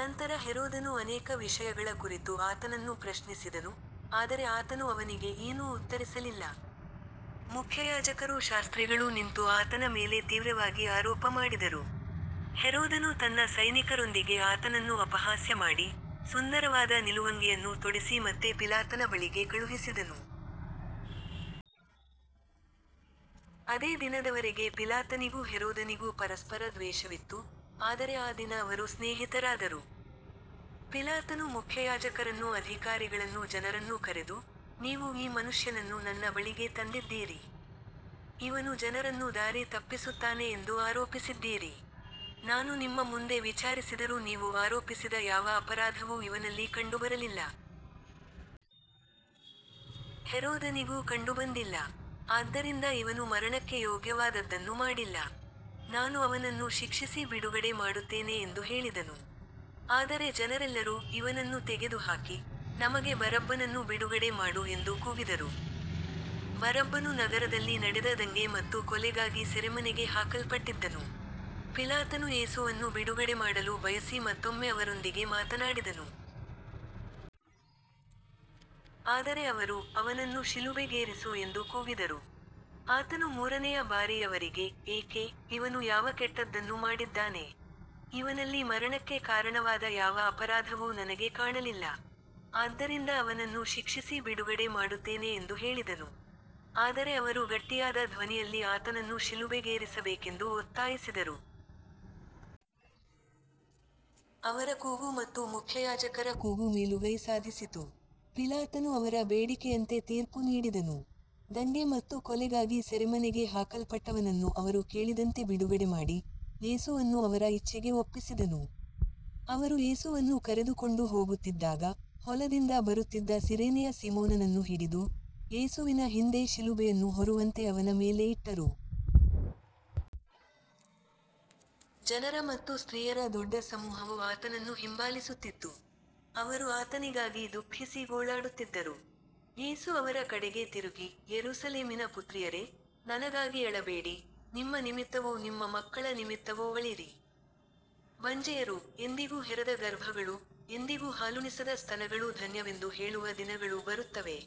ನಂತರ ಹೆರೋದನು ಅನೇಕ ವಿಷಯಗಳ ಕುರಿತು ಆತನನ್ನು ಪ್ರಶ್ನಿಸಿದನು, ಆದರೆ ಆತನು ಅವನಿಗೆ ಏನೂ ಉತ್ತರಿಸಲಿಲ್ಲ. ಮುಖ್ಯಯಾಜಕರೂ ಶಾಸ್ತ್ರಿಗಳೂ ನಿಂತು ಆತನ ಮೇಲೆ ತೀವ್ರವಾಗಿ ಆರೋಪ ಮಾಡಿದರು. ಹೆರೋದನು ತನ್ನ ಸೈನಿಕರೊಂದಿಗೆ ಆತನನ್ನು ಅಪಹಾಸ್ಯ ಮಾಡಿ, ಸುಂದರವಾದ ನಿಲುವಂಗಿಯನ್ನು ತೊಡಿಸಿ ಮತ್ತೆ ಪಿಲಾತನ ಬಳಿಗೆ ಕಳುಹಿಸಿದನು. ಅದೇ ದಿನದವರೆಗೆ ಪಿಲಾತನಿಗೂ ಹೆರೋದನಿಗೂ ಪರಸ್ಪರ ದ್ವೇಷವಿತ್ತು, ಆದರೆ ಆ ದಿನ ಅವರು ಸ್ನೇಹಿತರಾದರು. ಪಿಲಾತನು ಮುಖ್ಯಯಾಜಕರನ್ನೂ ಅಧಿಕಾರಿಗಳನ್ನೂ ಜನರನ್ನೂ ಕರೆದು, ನೀವು ಈ ಮನುಷ್ಯನನ್ನು ನನ್ನ ಬಳಿಗೆ ತಂದಿದ್ದೀರಿ. ಇವನು ಜನರನ್ನು ದಾರಿ ತಪ್ಪಿಸುತ್ತಾನೆ ಎಂದು ಆರೋಪಿಸಿದ್ದೀರಿ. ನಾನು ನಿಮ್ಮ ಮುಂದೆ ವಿಚಾರಿಸಿದರೂ ನೀವು ಆರೋಪಿಸಿದ ಯಾವ ಅಪರಾಧವೂ ಇವನಲ್ಲಿ ಕಂಡುಬರಲಿಲ್ಲ. ಹೆರೋದನಿಗೂ ಕಂಡುಬಂದಿಲ್ಲ. ಆದ್ದರಿಂದ ಇವನು ಮರಣಕ್ಕೆ ಯೋಗ್ಯವಾದದ್ದನ್ನು ಮಾಡಿಲ್ಲ. ನಾನು ಅವನನ್ನು ಶಿಕ್ಷಿಸಿ ಬಿಡುಗಡೆ ಮಾಡುತ್ತೇನೆ ಎಂದು ಹೇಳಿದನು. ಆದರೆ ಜನರೆಲ್ಲರೂ, ಇವನನ್ನು ತೆಗೆದುಹಾಕಿ, ನಮಗೆ ಬರಬ್ಬನನ್ನು ಬಿಡುಗಡೆ ಮಾಡು ಎಂದು ಕೂಗಿದರು. ಬರಬ್ಬನು ನಗರದಲ್ಲಿ ನಡೆದ ದಂಗೆ ಮತ್ತು ಕೊಲೆಗಾಗಿ ಸೆರೆಮನೆಗೆ ಹಾಕಲ್ಪಟ್ಟಿದ್ದನು. ಪಿಲಾತನು ಯೇಸುವನ್ನು ಬಿಡುಗಡೆಮಾಡಲು ಬಯಸಿ ಮತ್ತೊಮ್ಮೆ ಅವರೊಂದಿಗೆ ಮಾತನಾಡಿದನು. ಆದರೆ ಅವರು, ಅವನನ್ನು ಶಿಲುಬೆಗೇರಿಸು ಎಂದು ಕೂಗಿದರು. ಆತನು ಮೂರನೆಯ ಬಾರಿ ಅವರಿಗೆ, ಏಕೆ, ಇವನು ಯಾವ ಕೆಟ್ಟದ್ದನ್ನು ಮಾಡಿದ್ದಾನೆ. ಇವನಲ್ಲಿ ಮರಣಕ್ಕೆ ಕಾರಣವಾದ ಯಾವ ಅಪರಾಧವೂ ನನಗೆ ಕಾಣಲಿಲ್ಲ. ಆದ್ದರಿಂದ ಅವನನ್ನು ಶಿಕ್ಷಿಸಿ ಬಿಡುಗಡೆ ಮಾಡುತ್ತೇನೆ ಎಂದು ಹೇಳಿದನು. ಆದರೆ ಅವರು ಗಟ್ಟಿಯಾದ ಧ್ವನಿಯಲ್ಲಿ ಆತನನ್ನು ಶಿಲುಬೆಗೇರಿಸಬೇಕೆಂದು ಒತ್ತಾಯಿಸಿದರು. ಅವರ ಕೂಗು ಮತ್ತು ಮುಖ್ಯಯಾಜಕರ ಕೂಗು ಮೇಲುಗೈ ಸಾಧಿಸಿತು. ಪಿಲಾತನು ಅವರ ಬೇಡಿಕೆಯಂತೆ ತೀರ್ಪು ನೀಡಿದನು. ದಂಗೆ ಮತ್ತು ಕೊಲೆಗಾಗಿ ಸೆರೆಮನೆಗೆ ಹಾಕಲ್ಪಟ್ಟವನನ್ನು ಅವರು ಕೇಳಿದಂತೆ ಬಿಡುಗಡೆಮಾಡಿ, ಯೇಸುವನ್ನು ಅವರ ಇಚ್ಛೆಗೆ ಒಪ್ಪಿಸಿದನು. ಅವರು ಯೇಸುವನ್ನು ಕರೆದುಕೊಂಡು ಹೋಗುತ್ತಿದ್ದಾಗ, ಹೊಲದಿಂದ ಬರುತ್ತಿದ್ದ ಸಿರೇನೆಯ ಸೀಮೋನನನ್ನು ಹಿಡಿದು, ಯೇಸುವಿನ ಹಿಂದೆ ಶಿಲುಬೆಯನ್ನು ಹೊರುವಂತೆ ಅವನ ಮೇಲೆ ಇಟ್ಟರು. ಜನರ ಮತ್ತು ಸ್ತ್ರೀಯರ ದೊಡ್ಡ ಸಮೂಹವು ಆತನನ್ನು ಹಿಂಬಾಲಿಸುತ್ತಿತ್ತು. ಅವರು ಆತನಿಗಾಗಿ ದುಃಖಿಸಿ ಗೋಳಾಡುತ್ತಿದ್ದರು. ಯೇಸು ಅವರ ಕಡೆಗೆ ತಿರುಗಿ, ಯೆರೂಸಲೇಮಿನ ಪುತ್ರಿಯರೇ, ನನಗಾಗಿ ಅಳಬೇಡಿ, ನಿಮ್ಮ ನಿಮಿತ್ತವೂ ನಿಮ್ಮ ಮಕ್ಕಳ ನಿಮಿತ್ತವೂ ಅಳಿರಿ. ಬಂಜೆಯರೂ, ಎಂದಿಗೂ ಹೆರದ ಗರ್ಭಗಳೂ, ಎಂದಿಗೂ ಹಾಲುಣಿಸದ ಸ್ತನಗಳೂ ಧನ್ಯವೆಂದು ಹೇಳುವ ದಿನಗಳು ಬರುತ್ತವೆ.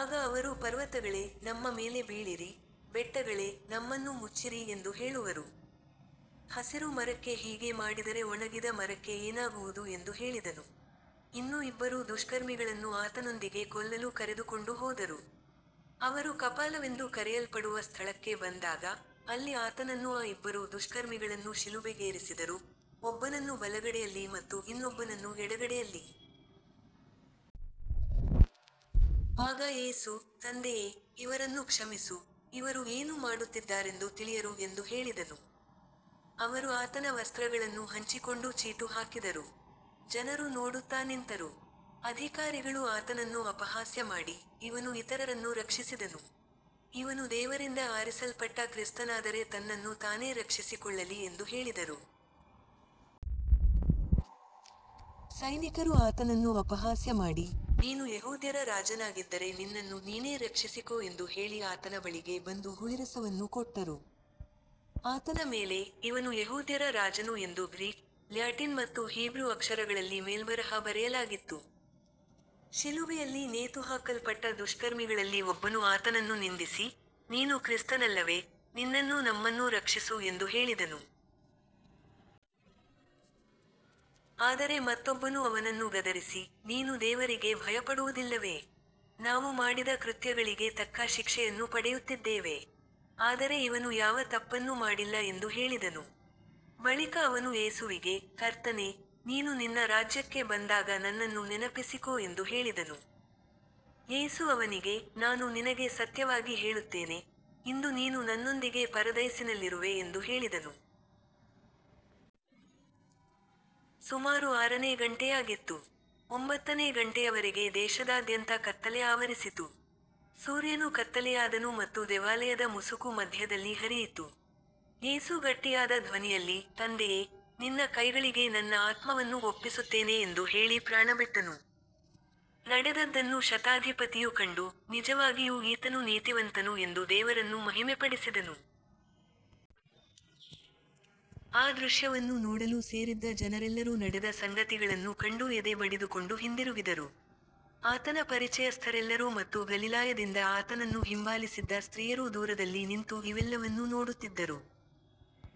ಆಗ ಅವರು ಪರ್ವತಗಳೇ, ನಮ್ಮ ಮೇಲೆ ಬೀಳಿರಿ, ಬೆಟ್ಟಗಳೇ, ನಮ್ಮನ್ನು ಮುಚ್ಚಿರಿ ಎಂದು ಹೇಳುವರು. ಹಸಿರು ಮರಕ್ಕೆ ಹೀಗೆ ಮಾಡಿದರೆ ಒಣಗಿದ ಮರಕ್ಕೆ ಏನಾಗುವುದು ಎಂದು ಹೇಳಿದನು. ಇನ್ನೂ ಇಬ್ಬರು ದುಷ್ಕರ್ಮಿಗಳನ್ನು ಆತನೊಂದಿಗೆ ಕೊಲ್ಲಲು ಕರೆದುಕೊಂಡು ಹೋದರು. ಅವರು ಕಪಾಲವೆಂದು ಕರೆಯಲ್ಪಡುವ ಸ್ಥಳಕ್ಕೆ ಬಂದಾಗ, ಅಲ್ಲಿ ಆತನನ್ನೂ ಆ ಇಬ್ಬರು ದುಷ್ಕರ್ಮಿಗಳನ್ನೂ ಶಿಲುಬೆಗೇರಿಸಿದರು, ಒಬ್ಬನನ್ನು ಬಲಗಡೆಯಲ್ಲಿ ಮತ್ತು ಇನ್ನೊಬ್ಬನನ್ನು ಎಡಗಡೆಯಲ್ಲಿ. ಆಗ ಯೇಸು, ತಂದೆಯೇ, ಇವರನ್ನು ಕ್ಷಮಿಸು, ಇವರು ಏನು ಮಾಡುತ್ತಿದ್ದಾರೆಂದು ತಿಳಿಯರು ಎಂದು ಹೇಳಿದನು. ಅವರು ಆತನ ವಸ್ತ್ರಗಳನ್ನು ಹಂಚಿಕೊಂಡು ಚೀಟು ಹಾಕಿದರು. ಜನರು ನೋಡುತ್ತಾ ನಿಂತರು. ಅಧಿಕಾರಿಗಳೂ ಆತನನ್ನು ಅಪಹಾಸ್ಯ ಮಾಡಿ, ಇವನು ಇತರರನ್ನು ರಕ್ಷಿಸಿದನು. ಇವನು ದೇವರಿಂದ ಆರಿಸಲ್ಪಟ್ಟ ಕ್ರಿಸ್ತನಾದರೆ ತನ್ನನ್ನು ತಾನೇ ರಕ್ಷಿಸಿಕೊಳ್ಳಲಿ ಎಂದು ಹೇಳಿದರು. ಸೈನಿಕರೂ ಆತನನ್ನು ಅಪಹಾಸ್ಯ ಮಾಡಿ, ನೀನು ಯೆಹೂದ್ಯರ ರಾಜನಾಗಿದ್ದರೆ ನಿನ್ನನ್ನು ನೀನೇ ರಕ್ಷಿಸಿಕೋ ಎಂದು ಹೇಳಿ ಆತನ ಬಳಿಗೆ ಬಂದು ಹುಳಿರಸವನ್ನು ಕೊಟ್ಟರು. ಆತನ ಮೇಲೆ, ಇವನು ಯೆಹೂದ್ಯರ ರಾಜನು ಎಂದು ಗ್ರೀಕ್, ಲ್ಯಾಟಿನ್ ಮತ್ತು ಹೀಬ್ರೂ ಅಕ್ಷರಗಳಲ್ಲಿ ಮೇಲ್ಬರಹ ಬರೆಯಲಾಗಿತ್ತು. ಶಿಲುಬೆಯಲ್ಲಿ ನೇತುಹಾಕಲ್ಪಟ್ಟ ದುಷ್ಕರ್ಮಿಗಳಲ್ಲಿ ಒಬ್ಬನು ಆತನನ್ನು ನಿಂದಿಸಿ, ನೀನು ಕ್ರಿಸ್ತನಲ್ಲವೇ, ನಿನ್ನನ್ನೂ ನಮ್ಮನ್ನೂ ರಕ್ಷಿಸು ಎಂದು ಹೇಳಿದನು. ಆದರೆ ಮತ್ತೊಬ್ಬನು ಅವನನ್ನು ಗದರಿಸಿ, ನೀನು ದೇವರಿಗೆ ಭಯಪಡುವುದಿಲ್ಲವೇ. ನಾವು ಮಾಡಿದ ಕೃತ್ಯಗಳಿಗೆ ತಕ್ಕ ಶಿಕ್ಷೆಯನ್ನು ಪಡೆಯುತ್ತಿದ್ದೇವೆ. ಆದರೆ ಇವನು ಯಾವ ತಪ್ಪನ್ನೂ ಮಾಡಿಲ್ಲ ಎಂದು ಹೇಳಿದನು. ಬಳಿಕ ಅವನು ಯೇಸುವಿಗೆ, ಕರ್ತನೇ, ನೀನು ನಿನ್ನ ರಾಜ್ಯಕ್ಕೆ ಬಂದಾಗ ನನ್ನನ್ನು ನೆನಪಿಸಿಕೋ ಎಂದು ಹೇಳಿದನು. ಯೇಸು ಅವನಿಗೆ, ನಾನು ನಿನಗೆ ಸತ್ಯವಾಗಿ ಹೇಳುತ್ತೇನೆ, ಇಂದು ನೀನು ನನ್ನೊಂದಿಗೆ ಪರದೈಸಿನಲ್ಲಿರುವೆ ಎಂದು ಹೇಳಿದನು. ಸುಮಾರು ಆರನೇ ಗಂಟೆಯಾಗಿತ್ತು. ಒಂಬತ್ತನೇ ಗಂಟೆಯವರೆಗೆ ದೇಶದಾದ್ಯಂತ ಕತ್ತಲೆ ಆವರಿಸಿತು. ಸೂರ್ಯನು ಕತ್ತಲೆಯಾದನು ಮತ್ತು ದೇವಾಲಯದ ಮುಸುಕು ಮಧ್ಯದಲ್ಲಿ ಹರಿಯಿತು. ಯೇಸು ಗಟ್ಟಿಯಾದ ಧ್ವನಿಯಲ್ಲಿ, ತಂದೆಯೇ, ನಿನ್ನ ಕೈಗಳಿಗೆ ನನ್ನ ಆತ್ಮವನ್ನು ಒಪ್ಪಿಸುತ್ತೇನೆ ಎಂದು ಹೇಳಿ ಪ್ರಾಣಬಿಟ್ಟನು. ನಡೆದದ್ದನ್ನು ಶತಾಧಿಪತಿಯು ಕಂಡು, ನಿಜವಾಗಿಯೂ ಈತನು ನೀತಿವಂತನು ಎಂದು ದೇವರನ್ನು ಮಹಿಮೆಪಡಿಸಿದನು. ಆ ದೃಶ್ಯವನ್ನು ನೋಡಲು ಸೇರಿದ್ದ ಜನರೆಲ್ಲರೂ ನಡೆದ ಸಂಗತಿಗಳನ್ನು ಕಂಡು ಎದೆ ಬಡಿದುಕೊಂಡು ಹಿಂದಿರುಗಿದರು. ಆತನ ಪರಿಚಯಸ್ಥರೆಲ್ಲರೂ ಮತ್ತು ಗಲಿಲಾಯದಿಂದ ಆತನನ್ನು ಹಿಂಬಾಲಿಸಿದ್ದ ಸ್ತ್ರೀಯರೂ ದೂರದಲ್ಲಿ ನಿಂತು ಇವೆಲ್ಲವನ್ನೂ ನೋಡುತ್ತಿದ್ದರು.